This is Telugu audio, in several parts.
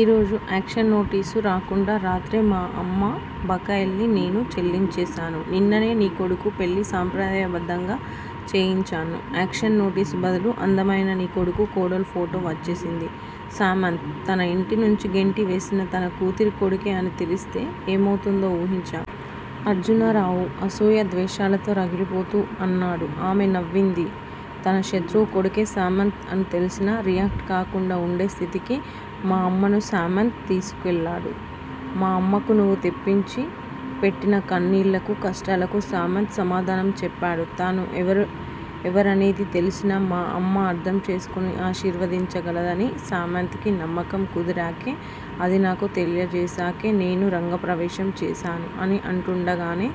ఈరోజు ఆక్షన్ నోటీసు రాకుండా రాత్రే మా అమ్మ బకాయిల్ని నేను చెల్లించేసాను. నిన్ననే నీ కొడుకు పెళ్ళి సాంప్రదాయబద్ధంగా చేయించాను. ఆక్షన్ నోటీసు బదులు అందమైన నీకొడుకు, కోడలు ఫోటో వచ్చేసింది. సామంత్ తన ఇంటినుంచి గెంటి వేసిన తన కూతురి కొడుకే అని తెలిస్తే ఏమవుతుందో ఊహించావా? అర్జునరావు అసూయా ద్వేషాలతో రగిలిపోతూ అన్నాడు. ఆమె నవ్వింది. తన శత్రువు కొడుకే సామంత్ అని తెలిసినా రియాక్ట్ కాకుండా వుండే స్థితికి మా అమ్మను సామంత్ తీసుకువెళ్ళాడు. మా అమ్మకు నువ్వు తెప్పించి పెట్టిన కన్నీళ్ళకు, కష్టాలకు సామంత్ సమాధానం చెప్పాడు. తను ఎవరనేది తెలిసినా మా అమ్మ అర్థం చేసుకుని ఆశీర్వదించగలదని సామంత్ కి నమ్మకం కుదిరాకే- అది నాకు తెలియజేసాకే నేను రంగప్రవేశం చేసాను అని అంటుండగానే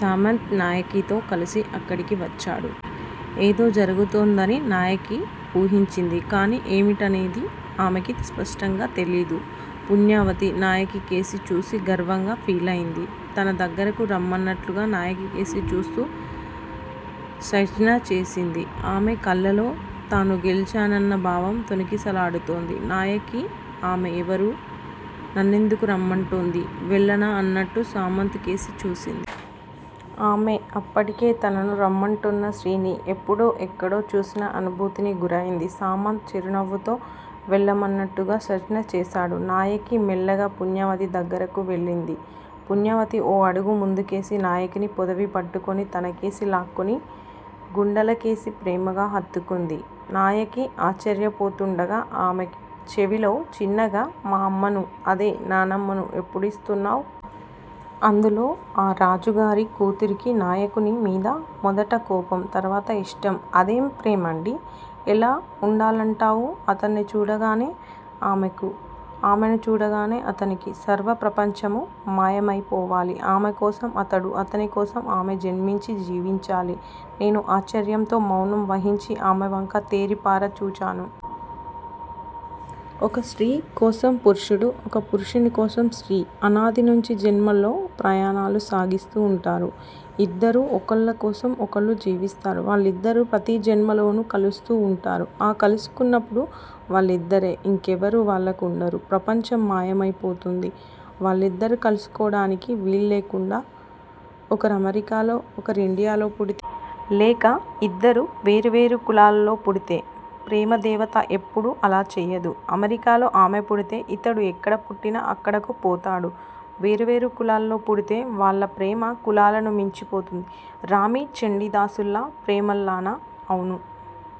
సామంత్ నాయకితో కలిసి అక్కడికి వచ్చాడు. ఏదో జరగబోతోందని నాయకి ఊహించింది. కాని, ఏమిటనేది ఆమెకీ స్పష్టంగా తెలీదు. పుణ్యవతి నాయకికేసి చూసి గర్వంగా ఫీలయింది. తన దగ్గరకు రమ్మన్నట్లుగా నాయకికేసి చూస్తూ సంజ్ఞ చేసింది. ఆమె కళ్ళలో తను గెలిచానన్న భావం తొణికిసలాడుతోంది. నాయకి- ఆమె ఎవరు? నన్నెందుకు రమ్మంటోంది? వెళ్ళనా అన్నట్లు సామంత్ కేసి చూసింది. ఆమె అప్పటికే తనను రమ్మంటోన్న స్త్రీని ఎప్పుడో ఎక్కడో చూసిన అనుభూతికి గురయింది. సామంత్ చిరునవ్వుతో వెళ్ళమన్నట్లుగా సంజ్ఞ చేసాడు. నాయకి మెల్లగా పుణ్యవతి దగ్గరకు వెళ్ళింది. పుణ్యవతి ఓ అడుగు ముందుకేసి నాయకిని పొదివి పట్టుకొని తనకేసి లాక్కుని, గుండెలకేసి ప్రేమగా హత్తుకుంది. నాయకి ఆశ్చర్యపోతుండగా ఆమె చెవిలో చిన్నగా మా అమ్మను అదే నాయనమ్మను ఎప్పుడిస్తున్నావు? అందులో ఆ రాజుగారి కూతురుకి నాయకుని మీద మొదట కోపం, తర్వాత ఇష్టం! అదేం ప్రేమండీ? '' ''ఎలా ఉండాలంటావు? '' ''అతన్ని చూడగానే ఆమెకు, ఆమెను చూడగానే అతనికి సర్వ ప్రపంచమూ మాయమైపోవాలి. ఆమెకోసం అతడూ, అతనికోసం ఆమె జన్మించి, జీవించాలి. '' నేను ఆశ్చర్యంతో మౌనం వహించి ఆమెవంక తేరిపార చూచాను. ''ఒక స్త్రీ కోసం పురుషుడూ, ఒక పురుషుని కోసం స్త్రీ అనాది నుంచీ జన్మల్లో ప్రయాణాలు సాగిస్తూ వుంటారు. ఇద్దరూ ఒకళ్ళకోసం ఒకళ్ళు జీవిస్తారు. వాళ్ళిద్దరూ ప్రతిజన్మలోనూ కలుస్తూ ఉంటారు. ఆ కలుసుకున్నప్పుడు వాళ్లిద్దరే. ఇంక ఎవ్వరూ వాళ్లకు వుండరు. ప్రపంచం మాయమైపోతుంది. ''వాళ్ళిద్దరూ కలుసుకోవడానికి వీల్లేకుండా ఒకరు అమెరికాలో, ఒకరు ఇండియాలో పుడితే? లేక ఇద్దరూ వేరు వేరు కులాలలో పుడితే? '' ''ప్రేమదేవత ఎప్పుడూ అలా చెయ్యదు. అమెరికాలో ఆమె పుట్టితే ఇతడు ఎక్కడ పుట్టినా అక్కడక్కు పోతాడు. వేరు వేరు కులాల్లో పుట్టితే, వాళ్ళ ప్రేమ కులాలను మించిపోతుంది! '' ''రామీ, చండీదాసుల ప్రేమల్లానా? '' ''అవును.